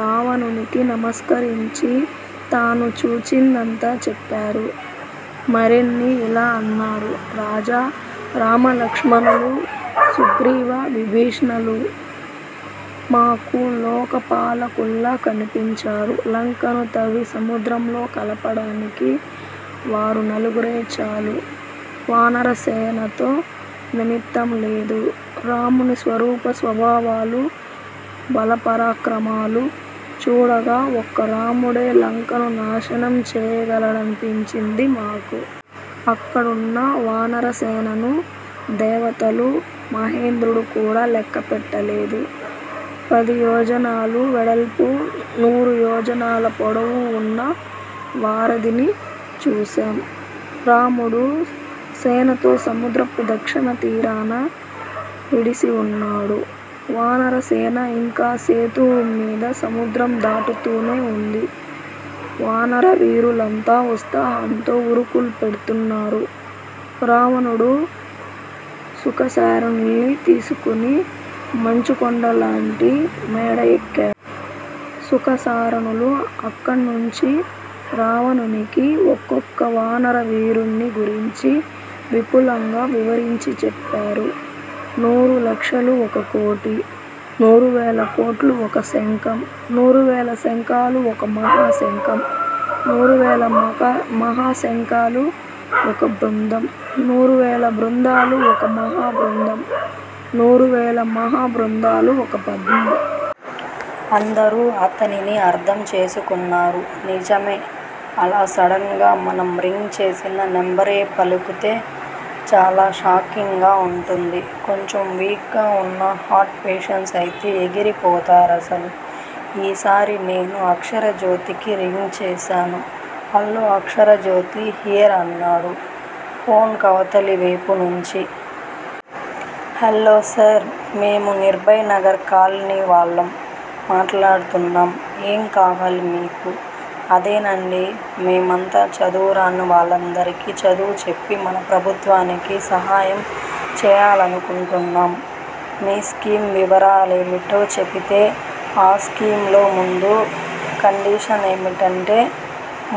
రావణునికి నమస్కరించి తాను చూచిదంతా చెప్పారు. మరిన్నీ ఇలా అన్నారు. రాజా! రామలక్ష్మణులూ, సుగ్రీవ, విభీషణులూ మాకు లోకపాలకుల్లా కనిపించారు. లంకను తవ్వి, సముద్రంలో కలపడానికి వారు నలుగురే చాలు. వానరసేనతో నిమిత్తంలేదు. రాముని స్వరూప స్వభావాలూ, బలపరాక్రమాలు చూడగా ఒక్క రాముడే లంకను నాశనం చేయగలడనిపించింది మాకు. అక్కడవున్న వానరసేనను దేవతలూ, మహేంద్రుడు కూడా లెక్కపెట్టలేదు. పది యోజనాలు వెడల్పూ, నూరు యోజనాల పొడవూ వున్న వారధిని చూశాం. రాముడు సేనతో సముద్రపు దక్షిణ తీరాన విడిసి వున్నాడు. వానరసేన ఇంకా సేతువు మీద సముద్రం దాటుతూనే వుంది. వానరవీరులంతా ఉత్సాహంతో ఉరుకులు పెడ్తున్నారు. రావణుడు శుకసారణుల్ను తీసుకొని మంచుకొండలాంటి మేడ ఎక్కాడు. శుకసారణులు అక్కణ్ణుంచి రావణునికి ఒక్కొక్క వానర వీరుణ్ణి గురించి విపులంగా వివరించి చెప్పారు. నూరు లక్షలు ఒక కోటి. నూరు వేల కోట్లు ఒక శంఖం. నూరు వేల శంఖాలు ఒక మహాశంఖం. నూరువేల మహాశంఖాలు ఒక బృందం. నూరువేల బృందాలు ఒక మహాబృందం. నూరువేల మహాబృందాలు ఒక పద్మం. అందరూ అతనిని అర్థం చేసుకున్నారు. నిజమే! అలా సడెన్ గా మనం రింగ్ చేసిన నెంబరే పలుకుతే చాలా షాకింగ్ గా వుంటుంది. కొంచెం వీక్ గా ఉన్న హార్ట్ పేషెంట్స్ అయితే ఎగిరి పోతారసలు ఈసారి నేను అక్షరజ్యోతికి రింగ్ చేశాను. హల్లో అక్షరజ్యోతి హియర్ అన్నాడు ఫోన్ కవతలివేపు నుంచీ. Hello sir. మేము నిర్భయ్ నగర్ కాలనీ వాళ్ళం మాట్లాడుతున్నాం ఏం కావాలి మీకు? అదేనండీ! మేమంతా చదువురాని వాళ్ళందరికీ చదువు చెప్పి మన ప్రభుత్వానికి సహాయం చేయాలనుకుంటున్నాం. మీ స్కీమ్ వివరాలేమిటో చెపితే? ఆ స్కీమ్ లో ముందు కండిషనేమిటంటే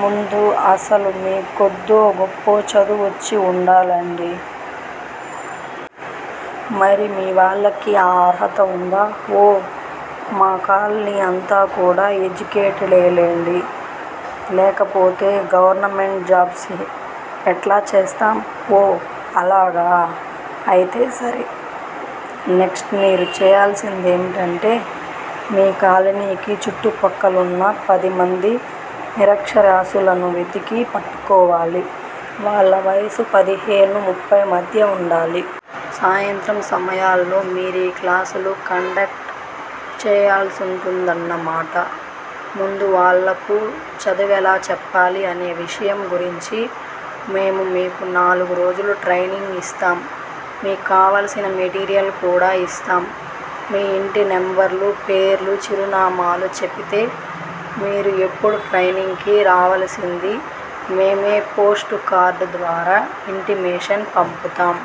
ముందు అసలు మీకు కొద్దో గొప్పో చదువొచ్చి ఉండాలండీ! మరి మీ వాళ్ళకి. ఆ అర్హత ఉందా? ఓ మా కాలనీ అంతా కూడా ఎడ్యుకేటెడేలెండి. లేకపోతే గవర్నమెంట్ జాబ్స్ ఎట్లా చేస్తాం? ఓ! అలాగా! అయితే సరే! నెక్ట్స్ మీరు చేయాల్సిందేమిటంటే మీ కాలనీకి చుట్టు పక్కలున్న పదిమంది నిరక్షరాస్యులను వెతికి పట్టుకోవాలి. వాళ్ళ వయసు పదిహేనూ ముఫ్పై మధ్య ఉండాలి. సాయంత్రం సమయాల్లో మీరీ క్లాసులు కండక్ట్ చేయాల్సుంటుందన్నమాట. ముందు వాళ్ళకు చదువెలా చెప్పాలీ అనే విషయం గురించి మేము మీకు నాలుగు రోజులు ట్రైనింగ్ ఇస్తాం! మీక్కావలసిన మెటీరియల్ కూడా ఇస్తాం. మీ ఇంటి నెంబర్లు, పేర్లు, చిరునామాలు చెపితే మీరు ఎప్పుడు ట్రైనింగ్ కి రావలసిందీ మేమే పోస్ట్ కార్డ్ ద్వారా ఇంటిమేషన్ పంపుతాం!